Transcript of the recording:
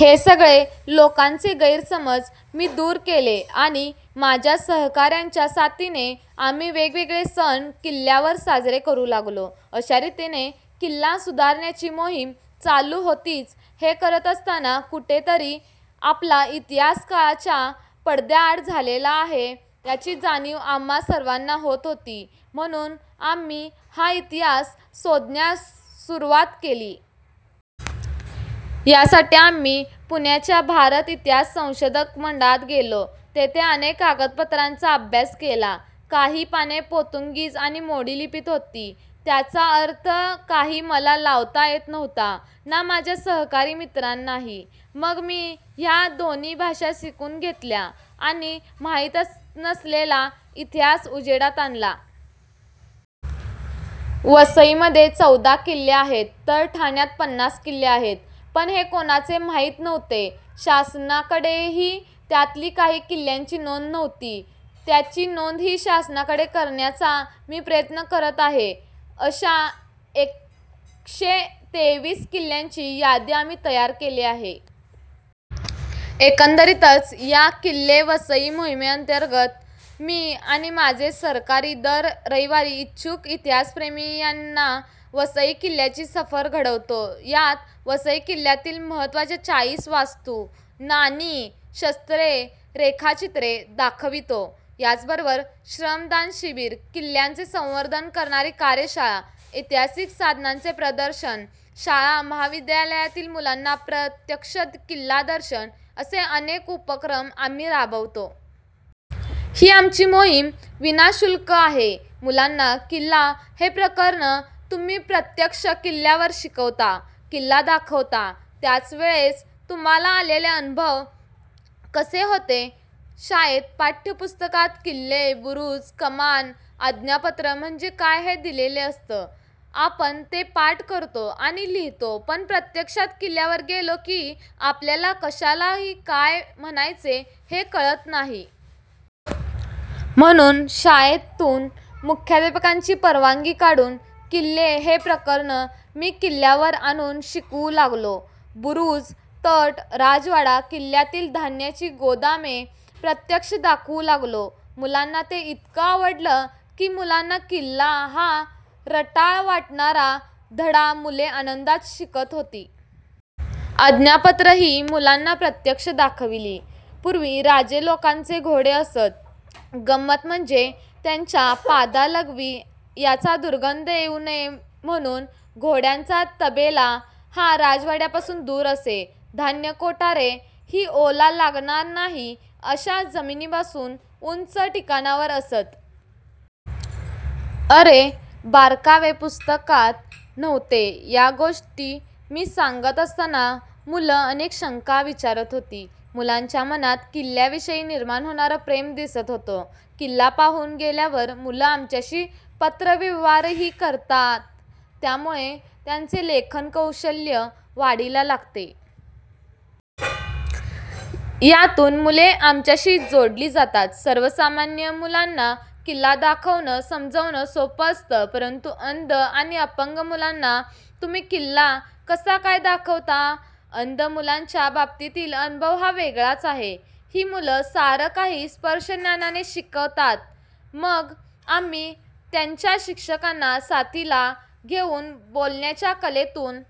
हे सगळे लोकांचे गैरसमज मी दूर केले आणि माझ्या सहकाऱ्यांच्या साथीने आम्ही वेगवेगळे सण किल्ल्यावर साजरे करू लागलो. अशा रीतीने किल्ला सुधारण्याची मोहीम चालू होतीच. हे करत असतानाच कुठेतरी आपला इतिहास काळाच्या पडद्याआड चाललेला आहे याची जाणीव आम्हा सर्वांना होत होती, म्हणून आम्ही हा इतिहास शोधण्यास सुरुवात केली. यासाठी आम्ही पुण्याच्या भारत इतिहास संशोधक मंडळात गेलो. तेथे अनेक कागदपत्रांचा अभ्यास केला. काही पाने पोर्तुगीज आणि मोडीलिपीत होती. त्याचा अर्थ काही मला लावता येत नव्हता ना माझ्या सहकारी मित्रांनाही. मग मी ह्या दोन्ही भाषा शिकून घेतल्या आणि माहीत नसलेला इतिहास उजेडात आला. वसईमध्ये चौदा किल्ले आहेत, तर ठाण्यात पन्नास किल्ले आहेत. पण हे कोणालाच माहीत नव्हते. शासनाकडेही यातील काही किल्ल्यांची नोंद नव्हती. त्याची नोंदही शासनाकडे करण्याचा मी प्रयत्न करत आहे. अशा एकशे तेवीस किल्ल्यांची यादी आम्ही तयार केली. एकंदरीतच या किल्ले वसई मोहिमेअंतर्गत मी आणि माझे सहकारी दर रविवारी इच्छुक इतिहासप्रेमींना वसई किल्ल्याची सफर घडवितो. यात वसई किल्ल्यातील महत्त्वाच्या चाळीस वास्तू, नाणी, शस्त्रे, रेखाचित्रे दाखवितो. याचबरोबर श्रमदान शिबीर, किल्ल्यांचे संवर्धन करणारी कार्यशाळा, ऐतिहासिक साधनांचे प्रदर्शन, शाळा महाविद्यालयातील मुलांना प्रत्यक्ष किल्ला दर्शन असे अनेक उपक्रम आम्ही राबवितो. ही आमची मोहीम विनाशुल्क आहे. मुलांना किल्ला हे प्रकरण तुम्ही प्रत्यक्ष किल्ल्यावर शिकवता, किल्ला दाखवता त्यावेळेचे तुम्हाला आलेले अनुभव कसे होते? शाळेत पाठ्यपुस्तकात किल्ले, बुरूज, कमान, आज्ञापत्र म्हणजे काय हे दिलेले असतं. आपण ते पाठ करतो आणि लिहितो, पण प्रत्यक्षात किल्ल्यावर गेलो की आपल्याला कशाला काय म्हणायचे हे कळत नाही. म्हणून शाळेतून मुख्याध्यापकांची परवानगी काढून किल्ले हे प्रकरण मी किल्ल्यावर आणून शिकवू लागलो. बुरूज, तट, राजवाडा, किल्ल्यातील धान्याची गोदामे प्रत्यक्ष दाखवू लागलो. मुलांना ते इतकं आवडलं की मुलांना किल्ला हा रटाळ वाटणारा धडा मुले आनंदात शिकत होती. आज्ञापत्रही मुलांना प्रत्यक्ष दाखविली. पूर्वी राजे लोकांचे घोडे असत. गंमत म्हणजे त्यांच्या पादा, लघवी याचा दुर्गंध येऊ नये म्हणून घोड्यांचा तबेला हा राजवाड्यापासून दूर असे. धान्य कोठारे ही ओल लागणार नाही अशा जमिनीपासून उंच ठिकाणावर असत. असे बारकावे पुस्तकात नव्हते. या गोष्टी मी सांगत असताना मुलं अनेक शंका विचारत होती. मुलांच्या मनात किल्ल्याविषयी निर्माण होणारं प्रेम दिसत होतं. किल्ला पाहून गेल्यावर मुलं आमच्याशी पत्रव्यवहारही करतात. त्यामुळे त्यांचे लेखन कौशल्य वाढीला लागते. यातून मुले आमच्याशी जोडली जातात. सर्वसामान्य मुलांना किल्ला दाखवणं, समजावणं सोपं असतं, परंतु अंध किंवा अपंग मुलांना तुम्ही किल्ला कसा काय दाखवता? अंध मुलांच्या बाबतीतील अनुभव हा वेगळाच आहे. ही मुलं सारं काही स्पर्शज्ञानाने शिकतात. मग आम्ही त्यांच्या शिक्षकांना साथीला घेऊन बोलण्याच्या कलेतून